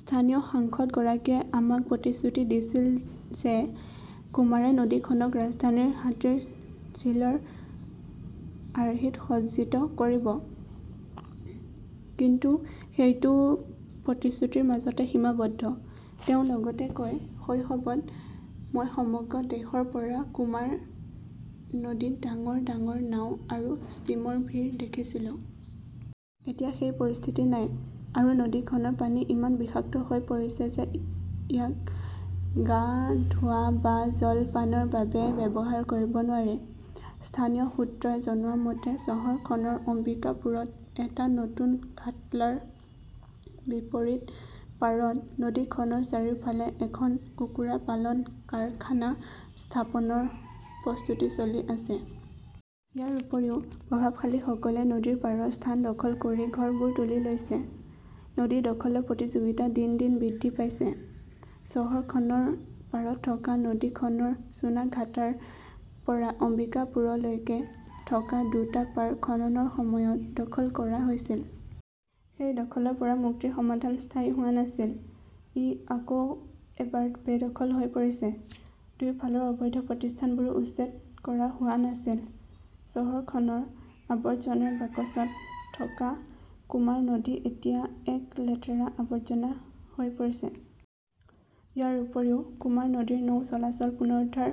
"স্থানীয় সাংসদগৰাকীয়ে আমাক প্ৰতিশ্ৰুতি দিছিল যে কুমাৰে নদীখনক ৰাজধানীৰ হাতীৰঝিলৰ আৰ্হিত সজ্জিত কৰিব। কিন্তু সেইটো প্ৰতিশ্ৰুতিৰ মাজতে সীমাবদ্ধ। "তেওঁ লগতে কয়", শৈশৱত, মই সমগ্ৰ দেশৰ পৰা কুমাৰ নদীত ডাঙৰ ডাঙৰ নাও আৰু ষ্টীমৰ ভিৰ দেখিছিলোঁ। এতিয়া সেই পৰিস্থিতি নাই। আৰু নদীখনৰ পানী ইমান বিষাক্ত হৈ পৰিছে যে ইয়াক গা ধোৱা বা জলপানৰ বাবে ব্যৱহাৰ কৰিব নোৱাৰি। "স্থানীয় সূত্ৰই জনোৱা মতে, চহৰখনৰ অম্বিকাপুৰত এটা নতুন ঘাটলাৰ বিপৰীত পাৰত নদীখনৰ চাৰিওফালে এখন কুকুৰা পালন কাৰখানা স্থাপনৰ প্ৰস্তুতি চলি আছে। ইয়াৰ উপৰিও, প্ৰভাৱশালীসকলে নদীৰ পাৰৰ স্থান দখল কৰি ঘৰবোৰ তুলি লৈছে। নদী দখলৰ প্ৰতিযোগিতা দিন দিন বৃদ্ধি পাইছে। চহৰখনৰ পাৰত থকা নদীখনৰ চুনাঘাটাৰ পৰা অম্বিকাপুৰলৈকে থকা দুটা পাৰ খননৰ সময়ত দখল কৰা হৈছিল। সেই দখলৰ পৰা মুক্তিৰ সমাধান স্থায়ী হোৱা নাছিল। ই আকৌ এবাৰ বেদখল হৈ পৰিছে। দুয়োফালৰ অবৈধ প্ৰতিষ্ঠানবোৰো উচ্ছেদ কৰা হোৱা নাছিল। চহৰখনৰ আৱৰ্জনাৰ বাকচত থকা কুমাৰ নদী এতিয়া এক লেতেৰা আৱৰ্জনা হৈ পৰিছে। ইয়াৰ উপৰিও, কুমাৰ নদীৰ নৌ চলাচল পুনৰুদ্ধাৰ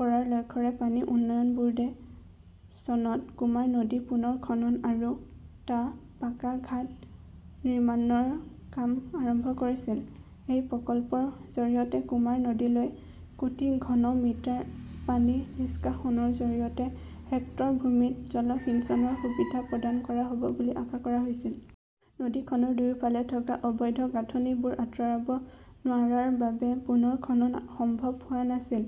কৰাৰ লক্ষ্যৰে পানী উন্নয়ন বোৰ্ডে চনত কুমাৰ নদী পুনৰ খনন আৰু টা পাকা ঘাট নিৰ্মাণৰ কাম আৰম্ভ কৰিছিল। এই প্ৰকল্পৰ জৰিয়তে কুমাৰ নদীলৈ কোটি ঘন মিটাৰ পানী নিষ্কাশনৰ জৰিয়তে হেক্টৰ ভূমিত জলসিঞ্চনৰ সুবিধা প্ৰদান কৰা হ "ব বুলি আশা কৰা হৈছিল। নদীখনৰ দুয়োফালে থকা অবৈধ গাঁথনিবোৰ আঁতৰাব নোৱাৰাৰ বাবে পুনৰ খনন সম্ভৱ হোৱা নাছিল।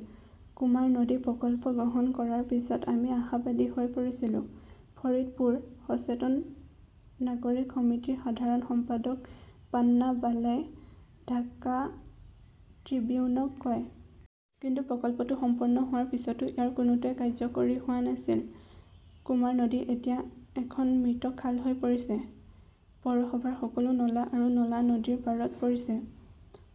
"কুমাৰ নদী প্ৰকল্প গ্ৰহণ কৰাৰ পিছত আমি আশাবাদী হৈ পৰিছিলো", ফৰিদপুৰ সচেতন নাগৰিক সমিতিৰ সাধাৰণ সম্পাদক পান্না বালাই ঢাকা ট্ৰিবিউনক কয়। কিন্তু প্ৰকল্পটো সম্পূৰ্ণ হোৱাৰ পিছতো ইয়াৰ কোনোটোৱেই কাৰ্যকৰী হোৱা নাছিল। কুমাৰ নদী এতিয়া এখন মৃত খাল হৈ পৰিছে। পৌৰসভাৰ সকলো নলা আৰু নলা নদীৰ পাৰত পৰিছে।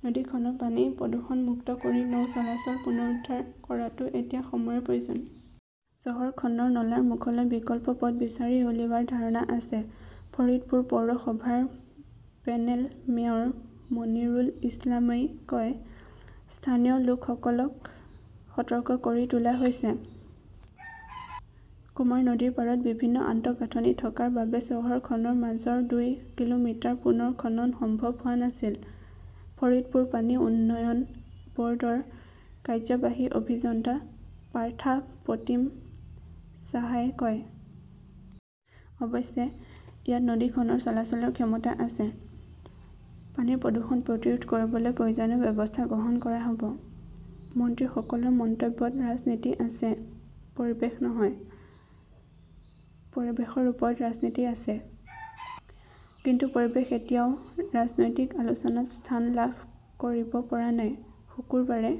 নদীখনৰ পানী প্ৰদূষণমুক্ত কৰি নৌ চলাচল পুনৰুদ্ধাৰ কৰাটো এতিয়া সময়ৰ প্ৰয়োজন। "চহৰখনৰ নলাৰ মুখলৈ বিকল্প পথ বিচাৰি উলিওৱাৰ ধাৰণা আছে", ফৰিদপুৰ পৌৰসভাৰ পেনেল মেয়ৰ মনিৰুল ইছলামই কয়। স্থানীয় লোকসকলক সতৰ্ক কৰি তোলা হৈছে। "কুমাৰ নদীৰ পাৰত বিভিন্ন আন্তঃগাঁথনি থকাৰ বাবে চহৰখনৰ মাজৰ দুই কিলোমিটাৰ পুনৰ খনন সম্ভৱ হোৱা নাছিল", ফৰিদপুৰ পানী উন্নয়ন ব "ৰ্ডৰ কাৰ্যবাহী অভিযন্তা পাৰ্থা প্ৰতিম সাহাই কয়। অৱশ্যে, ইয়াত নদীখনৰ চলাচলৰ ক্ষমতা আছে। পানীৰ প্ৰদূষণ প্ৰতিৰোধ কৰিবলৈ প্ৰয়োজনীয় ব্যৱস্থা গ্ৰহণ কৰা হ "ব। "। "মন্ত্ৰীসকলৰ মন্তব্যত ৰাজনীতি আছে, পৰিৱেশ নহয়! "। পৰিৱেশৰ ওপৰত ৰাজনীতি আছে। কিন্তু পৰিৱেশ এতিয়াও ৰাজনৈতিক আলোচনাত স্থান লাভ কৰিব পৰা নাই। শুকুৰবাৰে